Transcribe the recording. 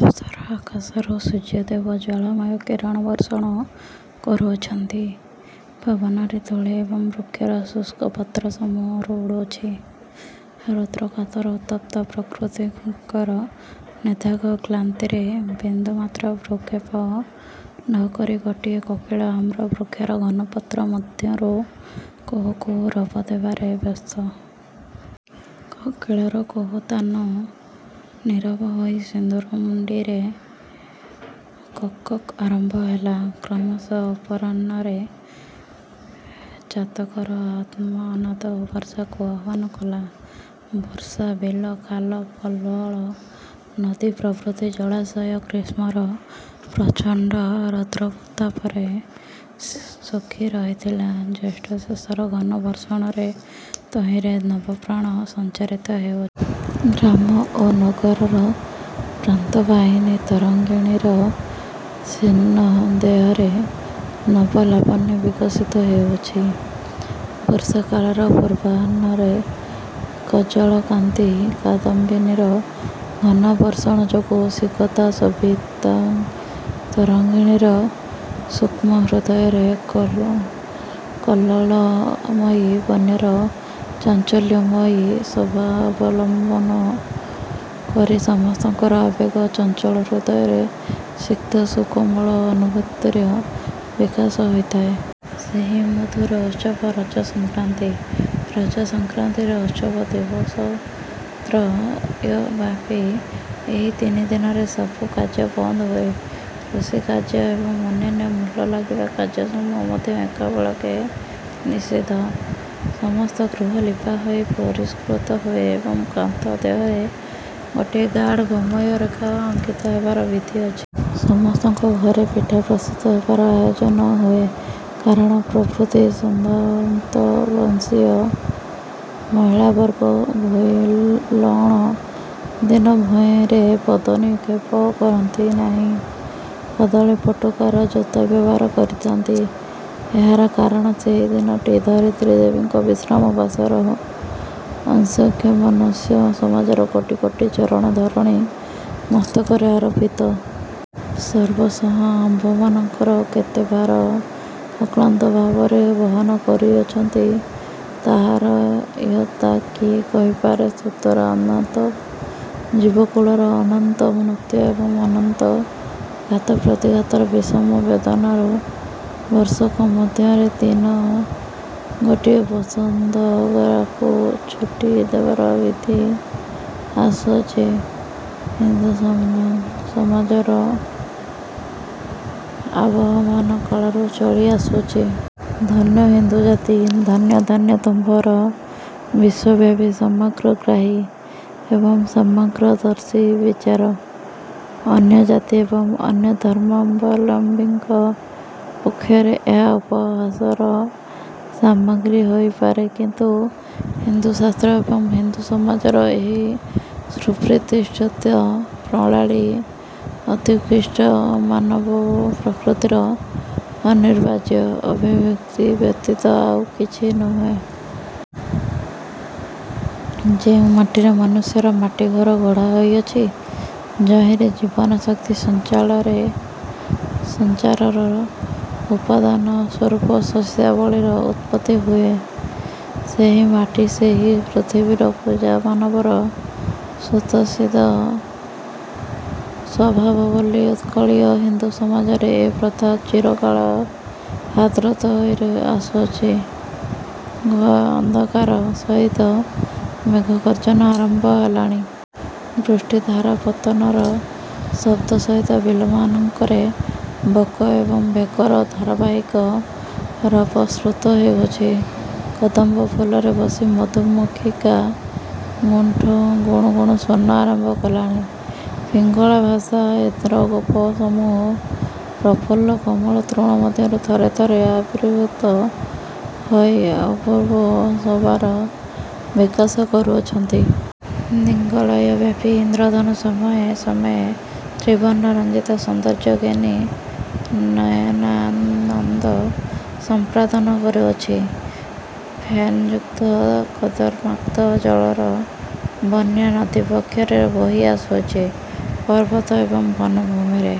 ଧୂସର ଆକାଶରୁ ସୂର୍ଯ୍ୟଦେବ ଜ୍ୱାଳାମୟ କିରଣ ବର୍ଷଣ କରୁଅଛନ୍ତି। ପବନରେ ଧୂଳି ଏବଂ ବୃକ୍ଷର ଶୁଷ୍କ ପତ୍ରସମୂହ ଉଡ଼ୁଅଛି, ରୌଦ୍ରକାତର ଉତ୍ତପ୍ତ ପ୍ରକୃତିଙ୍କର ନିଦାଘ କ୍ଳାନ୍ତିରେ ବିନ୍ଦୁମାତ୍ର ଭ୍ରୂକ୍ଷେପ ନ କରି ଗୋଟିଏ କୋକିଳ ଆମ୍ର ବୃକ୍ଷର ଘନ ପତ୍ର ମଧ୍ୟରୁ କୁହୁ କୁହୁ ରବ ଦେବାରେ ବ୍ୟସ୍ତ। କୋକିଳର କୁହୁତାନ ନୀରବ ହୋଇ ସିନ୍ଦୂରମୁଣ୍ଡିରେ କକ୍ କକ୍ ଆରମ୍ଭ ହେଲା। କ୍ରମଶଃ ଅପରାହ୍ନରେ ଚାତକର ଆର୍ତ୍ତନାଦ ବର୍ଷାକୁ ଆହ୍ୱାନ କଲା। ବର୍ଷା ବେଲ, ଖାଲ, ପଲ୍ୱଳ ନଦୀ ପ୍ରଭୃତି ଜଳାଶୟ ଗ୍ରୀଷ୍ମର ପ୍ରଚଣ୍ଡ ରୌଦ୍ରୋତ୍ତାପରେ ଶୁ ଶୁଖି ରହିଥିଲା, ଜ୍ୟେଷ୍ଠ ଶେଷର ଘନ ବର୍ଷଣରେ ତହିଁରେ ନବପ୍ରାଣ ସଞ୍ଚାରିତ ହେଉ-- ଗ୍ରାମ ଓ ନଗରର ପ୍ରାନ୍ତବାହିନୀ ତରଙ୍ଗିଣୀର ଶୀର୍ଣ୍ଣ ଦେହରେ ନବ ଲାବଣ୍ୟ ବିକଶିତ ହେଉଅଛି। ବର୍ଷାକାଳର ପୂର୍ବାହ୍ନରେ କଜ୍ଜଳକାନ୍ତି କାଦମ୍ବିନୀର ଘନ ବର୍ଷଣ ଯୋଗୁଁ ସିକତାଶୋଭିତାତରଙ୍ଗିଣୀର ସୁକ୍ଷ୍ମ ହୃଦୟରେ କଲ କଲ୍ଲୋଳମୟୀ ବନ୍ୟାର ଚାଞ୍ଚଲ୍ୟମୟୀ ଶୋଭା ଅବଲୋକନ କରି ସମସ୍ତଙ୍କର ଆବେଗ ଚଞ୍ଚଳ ହୃଦୟରେ ସିକ୍ତ ସୁକୋମଳ ଅନୁଭୂତିର ବିକାଶ ହୋଇଥାଏ। ସେହି ମଧୁର ଉତ୍ସବ ରଜସଂକ୍ରାନ୍ତି। ରଜସଂକ୍ରାନ୍ତିର ଉତ୍ସବ ଦିବସତ୍ରୟବ୍ୟାପୀ ଏହି ତିନି ଦିନରେ ସବୁ କାର୍ଯ୍ୟ ବନ୍ଦ ହୁଏ। କୃଷିକାର୍ଯ୍ୟ ଏବଂ ଅନ୍ୟାନ୍ୟ ମୂଲ ଲାଗିବା କାର୍ଯ୍ୟସମୂହ ମଧ୍ୟ ଏକାବେଳକେ ନିଷିଦ୍ଧ। ସମସ୍ତ ଗୃହ ଲିପା ହୋଇ ପରିଷ୍କୃତ ହୁଏ ଏବଂ କାନ୍ଥ ଦେହରେ ଗୋଟିଏ ଗାଢ଼ ଗୋମୟ ରେଖା ଅଙ୍କିତ ହେବାର ବିଧି ଅଛି। ସମସ୍ତଙ୍କ ଘରେ ପିଠା ପ୍ରସ୍ତୁତ ହେବାର ଆୟୋଜନ ହୁଏ। କରଣ ପ୍ରଭୃତି ସମ୍ଭ୍ରାନ୍ତବଂଶୀୟ ମହିଳାବର୍ଗ ଭୂଇଁଲଅଁଣ ଦିନ ଭୂମିରେ ପଦନିକ୍ଷେପ କରନ୍ତି ନାହିଁ, କଦଳୀପଟୁକାର ଜୋତା ବ୍ୟବହାର କରିଥାନ୍ତି। ଏହାର କାରଣ, ସେହି ଦିନଟି ଧରିତ୍ରୀଦେବୀଙ୍କ ବିଶ୍ରାମ ବାସର। ଅସଂଖ୍ୟ ମନୁଷ୍ୟସମାଜର କୋଟି କୋଟି ଚରଣ ଧରଣୀ ମସ୍ତକରେ ଆରୋପିତ। ସର୍ବଂସହା ଆମ୍ଭମାନଙ୍କର କେତେ ଭାର ଅକ୍ଳାନ୍ତଭାବରେ ବହନ କରୁଅଛନ୍ତି, ତାହାର ଇୟତ୍ତା କିଏ କହିପାରେ ସୁତରାଂ ଅନନ୍ତ ଜୀବକୁଳର ଅନନ୍ତ ନୃତ୍ୟ ଏବଂ ଅନନ୍ତ ଘାତପ୍ରତିଘାତର ବିଷମ ବେଦନାରୁ ବର୍ଷକ ମଧ୍ୟରେ ଦିନ ଗୋଟିଏ ବସୁନ୍ଧରାକୁ ଛୁଟି ଦେବାର ବିଧି ଉତ୍କଳୀୟ ହିନ୍ଦୁସମାଜରେ ଆବହମାନକାଳରୁ ଚଳି ଆସୁଅଛି। ଧନ୍ୟ ହିନ୍ଦୁ ଜାତି! ଧନ୍ୟ ଧନ୍ୟ ତୁମ୍ଭର ବିଶ୍ୱବ୍ୟାପୀ ସମଗ୍ରଗ୍ରାହୀ ଏବଂ ସମଗ୍ରଦର୍ଶୀ ବିଚାର। ଅନ୍ୟ ଜାତି ଏବଂ ଅନ୍ୟ ଧର୍ମାବଲମ୍ବିଙ୍କ ପକ୍ଷରେ ଏହା ଉପହାସର ସାମଗ୍ରୀ ହୋଇ ପାରେ କିନ୍ତୁ ହିନ୍ଦୁଶାସ୍ତ୍ର ଏବଂ ହିନ୍ଦୁସମାଜର ଏହି ସୁପ୍ରତିଷ୍ଠିତ ପ୍ରଣାଳୀ ଅତ୍ୟୁତ୍କୃଷ୍ଟ ମାନବପ୍ରକୃତିର ଅନିବାର୍ଯ୍ୟ ଅଭିବ୍ୟକ୍ତି ବ୍ୟତୀତ ଆଉ କିଛି ନୁହେ। ଯେଉଁ ମାଟିରେ ମନୁଷ୍ୟର ମାଟିଘଟ ଗଢ଼ା ହୋଇଅଛି, ଯହିଁରେ ଜୀବନୀ ଶକ୍ତି ସଞ୍ଚାରର ଉପାଦାନସ୍ୱରୂପ ଶସ୍ୟାବଳୀର ଉତ୍ପତ୍ତି ହୁଏ, ସେହି ମାଟି ସେହି ପୃଥିବୀର ପୂଜା ମାନବର ସ୍ୱତଃସିଦ୍ଧ ସ୍ୱଭାବ ବୋଲି ଉତ୍କଳୀୟ ହିନ୍ଦୁସମାଜରେ ଏ ପ୍ରଥା ଚିରକାଳ ଆଦୃତ ହୋଇ ଆସୁଅଛି। ଘୋର ଅନ୍ଧକାର ସହିତ ମେଘଗର୍ଜ୍ଜନ ଆରମ୍ଭ ହେଲାଣି। ବୃଷ୍ଟିଧାରାପତନର ଶବ୍ଦ ସହିତ ବିଲମାନଙ୍କରେ ବକ ଏବଂ ଭେକର ଧାରାବାହିକ ରବ ଶ୍ରୁତ ହେଉଅଛି। କଦମ୍ବ ଫୁଲରେ ବସି ମଧୁମକ୍ଷିକା ଗୁଣ୍ଟୁ ଗୁଣୁ ଗୁଣୁ ସ୍ୱନ ଆରମ୍ଭ କଲାଣି। ପିଙ୍ଗଳାଭାସ ଇନ୍ଦ୍ରଗୋପସମୂହ ପ୍ରଫୁଲ୍ଲ କୋମଳ ତୃଣ ମଧ୍ୟରୁ ଥରେ ଥରେ ଆବିର୍ଭୂତ ହୋଇ ଅପୂର୍ବ ଶୋଭାର ବିକାଶ କରୁଅଛନ୍ତି। ଦିଗ୍ବଳୟବ୍ୟାପୀ ଇନ୍ଦ୍ରଧନୁ ସମୟେ ସମୟେ ତ୍ରିବର୍ଣ୍ଣ ରଞ୍ଜିତ ସୌନ୍ଦର୍ଯ୍ୟ ଘେନି ନୟନାନନ୍ଦ ସମ୍ପାଦନ କରୁଅଛି। ଫେନଯୁକ୍ତ କର୍ଦମାକ୍ତ ଜଳର ବନ୍ୟା ନଦୀବକ୍ଷରେ ବୋହି ଆସୁଅଛି। ପର୍ବତ ଏବଂ ବନଭୂମିରେ